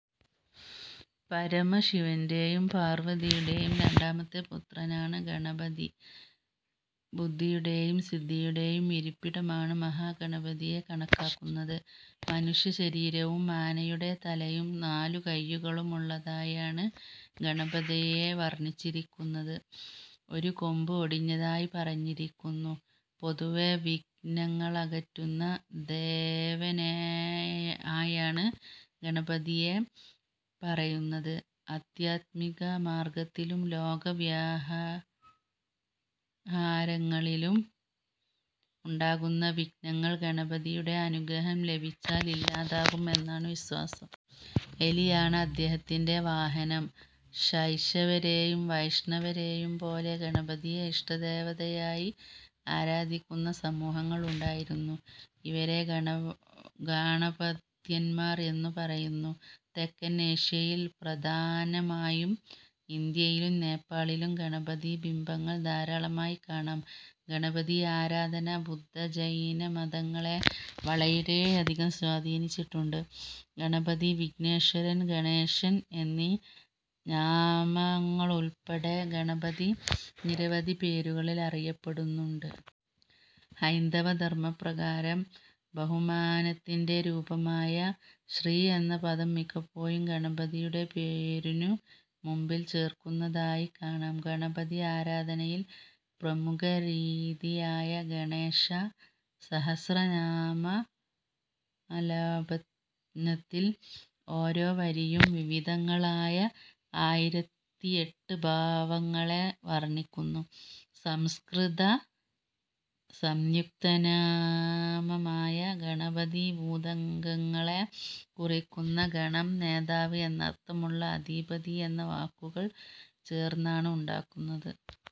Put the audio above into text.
പരമശിവന്റേയും പാർവതിദേവിയുടേയും രണ്ടാമത്തെ പുത്രനാണ് ഗണപതി. ബുദ്ധിയുടെയും സിദ്ധിയുടേയും ഇരിപ്പിടമാണ് മഹാ ഗണപതിയെ കണക്കാക്കുന്നത്. മനുഷ്യ ശരീരവും ആനയുടെ തലയും നാലു കയ്യുകളുമുള്ളതായാണ് ഗണപതിയെ വർണ്ണിച്ചിരിയ്ക്കുന്നത്. ഒരു കൊമ്പ് ഒടിഞ്ഞതായി പറഞ്ഞിരിയ്ക്കുന്നു. പൊതുവേ വിഘ്നങ്ങളകറ്റുന്ന ദേവ ന്നേയായാണ് ഗണപതിയെ പറയുന്നത്. അധ്യാത്മിക മാർഗ്ഗത്തിലും ലോക വ്യവഹാരങ്ങളിലും ഉണ്ടാകുന്ന വിഘ്നങ്ങൾ ഗണപതിയുടെ അനുഗ്രഹം ലഭിച്ചാൽ ഇല്ലാതെയാകും എന്നാണ് വിശ്വാസം. എലിയാണ് അദ്ദേഹത്തിന്റെ വാഹനം. ശൈവരേയും വൈഷ്ണവരേയും പോലെ ഗണപതിയെ ഇഷ്ടദേവതയായി ആരാധിയ്ക്കുന്ന സമൂഹങ്ങൾ ഉണ്ടായിരുന്നു. ഇവരെ ഗണഗാണപത്യന്മാർ എന്നു പറയുന്നു. തെക്കൻ ഏഷ്യയിൽ, പ്രധാനമായും ഇന്ത്യയിലും നേപ്പാളിലും ഗണപതി ബിംബങ്ങൾ ധാരാളമായി കാണാം. ഗണപതി ആരാധന ബുദ്ധ-ജൈനമതങ്ങളെ വളരെയധികം സ്വാധീനിച്ചിട്ടുണ്ട്. ഗണപതി, വിഘ്നേശ്വരൻ, ഗണേശൻ എന്നീ നാമങ്ങളുൾപ്പെടെ ഗണപതി നിരവധി പേരുകളിൽ അറിയപ്പെടുന്നുണ്ട്. ഹൈന്ദവ ധർമ്മപ്രകാരം ബഹുമാനത്തിന്റെ രൂപമായ 'ശ്രീ' എന്ന പദം മിക്കപ്പോഴും ഗണപതിയുടെ പേരുനു മുൻപിൽ ചേർക്കുന്നതായി കാണാം. ഗണപതി ആരാധനയിൽ പ്രമുഖരീതിയായ 'ഗണേശ സഹസ്രനാമാലാപനത്തിൽ' ഓരോവരിയും, വിവിധങ്ങളായ ആയിരത്തിയെട്ട് ഭാവങ്ങളെ വർണ്ണിക്കുന്നു. സംസ്കൃത സംയുക്തനാമമായ ഗണപതി, ഭൂതഗണങ്ങളെ കുറിക്കുന്ന ഗണം നേതാവ് എന്നർത്ഥമുള്ള അധിപതി എന്നീ വാക്കുകൾ ചേർന്നാണ് ഉണ്ടാകുന്നത്.